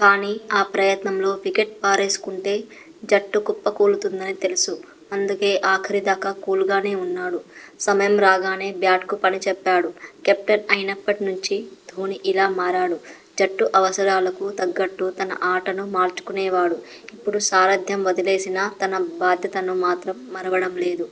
కానీ, ఆ ప్రయత్నంలో వికెట్ పారేసుకుంటే జట్టు కుప్పకూలుతుందని తెలుసు. అందుకే ఆఖరి దాకా కూల్గానే ఉన్నాడు! సమయం రాగానే బ్యాట్కు పని చెప్పాడు. కెప్టెన్ అయినప్పటి నుంచి ధోనీ ఇలా మారాడు. జట్టు అవసరాలకు తగ్గట్టు తన ఆటను మార్చుకునేవాడు. ఇప్పుడు సారథ్యం వదిలేసినా తన బాధ్యతను మాత్రం మరవడం లేదు.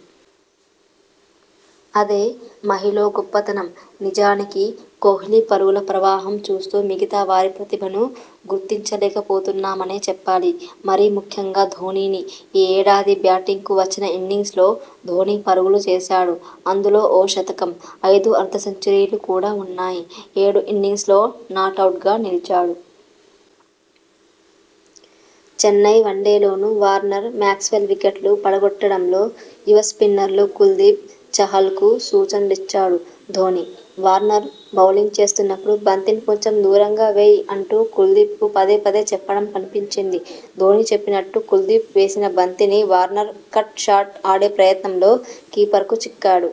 అదే మహీలో గొప్పతనం. నిజానికి కోహ్లీ పరుగుల ప్రవాహం చూస్తూ మిగతా వారి ప్రతిభను గుర్తించలేకపోతున్నామనే చెప్పాలి. మరీ ముఖ్యంగా ధోనీని. ఈ ఏడాది బ్యాటింగ్కు వచ్చిన ఇన్నింగ్స్ల్లో ధోనీ పరుగులు చేశాడు. అందులో ఓ శతకం, ఐదు అర్ధ సెంచరీలు కూడా ఉన్నాయి. ఏడు ఇన్నింగ్స్ల్లో నాటౌట్గా నిలిచాడు. చెన్నై వన్డేలోనూ వార్నర్, మాక్స్వెల్ వికెట్లు పడగొట్టడంలో యువ స్పిన్నర్లు కుల్దీప్, చాహల్కు సూచనలిచ్చాడు ధోనీ. వార్నర్కు బౌలింగ్ చేస్తున్నప్పుడు 'బంతిని కొంచెం దూరంగా వెయ్' అంటూ కుల్దీప్కు పదే పదే చెప్పడం కనిపించింది. ధోనీ చెప్పినట్టు కుల్దీప్ వేసిన బంతిని వార్నర్ కట్ షాట్ ఆడే ప్రయత్నంలో కీపర్కు చిక్కాడు.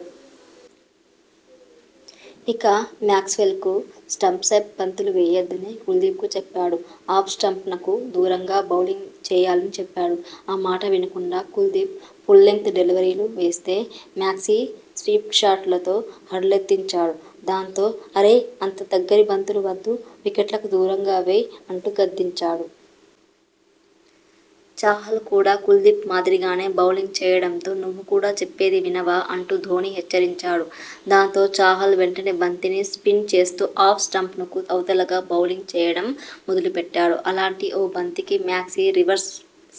ఇక, మ్యాక్స్వెల్కు స్టంప్స్పై బంతులు వేయొద్దని కుల్దీప్కు చెప్పాడు. ఆఫ్ స్టంప్నకు దూరంగా బౌలింగ్ చేయాలని చెప్పాడు. ఆ మాట వినకుండా కుల్దీప్ ఫుల్లెంగ్త్ డెలివరీలు వేస్తే మాక్సీ స్వీప్షాట్లతో హడలెత్తించాడు. దాంతో, 'అరే అంత దగ్గరి బంతులు వద్దు వికెట్లకు దూరంగా వెయ్' అంటు గద్దించాడు. చాహల్ కూడా కుల్దీప్ మాదిరిగానే బౌలింగ్ చేయడంతో 'నువ్వు కూడా చెప్పేది వినవా? ' అంటూ ధోనీ హెచ్చరించాడు. దాంతో, చాహల్ వెంటనే బంతిని స్పిన్ చేస్తూ ఆఫ్ స్టంప్నకు అవతలగా బౌలింగ్ చేయడం మొదలుపెట్టాడు. అలాంటి ఓ బంతికి మాక్సీ రివర్స్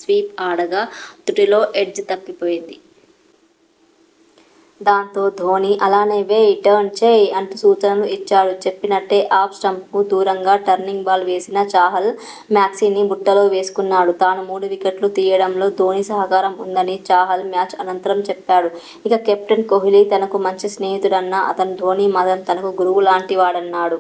స్వీప్ ఆడగా తృటిలో ఎడ్జ్ తప్పిపోయింది. దాంతో, ధోనీ 'అలానే వెయ్ టర్న్ చెయ్' అంటూ సూచనలు ఇచ్చాడు. చెప్పినట్టే ఆఫ్ స్టంప్నకు దూరంగా టర్నింగ్ బాల్ వేసిన చాహల్ మాక్సీని బుట్టలోవేసుకున్నాడు. తాను మూడు వికెట్లు తీయడంలో ధోనీ సహకారం ఉందని చాహల్ మ్యాచ్ అనంతరం చెప్పాడు. ఇక, కెప్టెన్ కోహ్లీ తనకు మంచి స్నేహితుడన్న అతను ధోనీ మాత్రం తనకు గురువులాంటి వాడన్నాడు.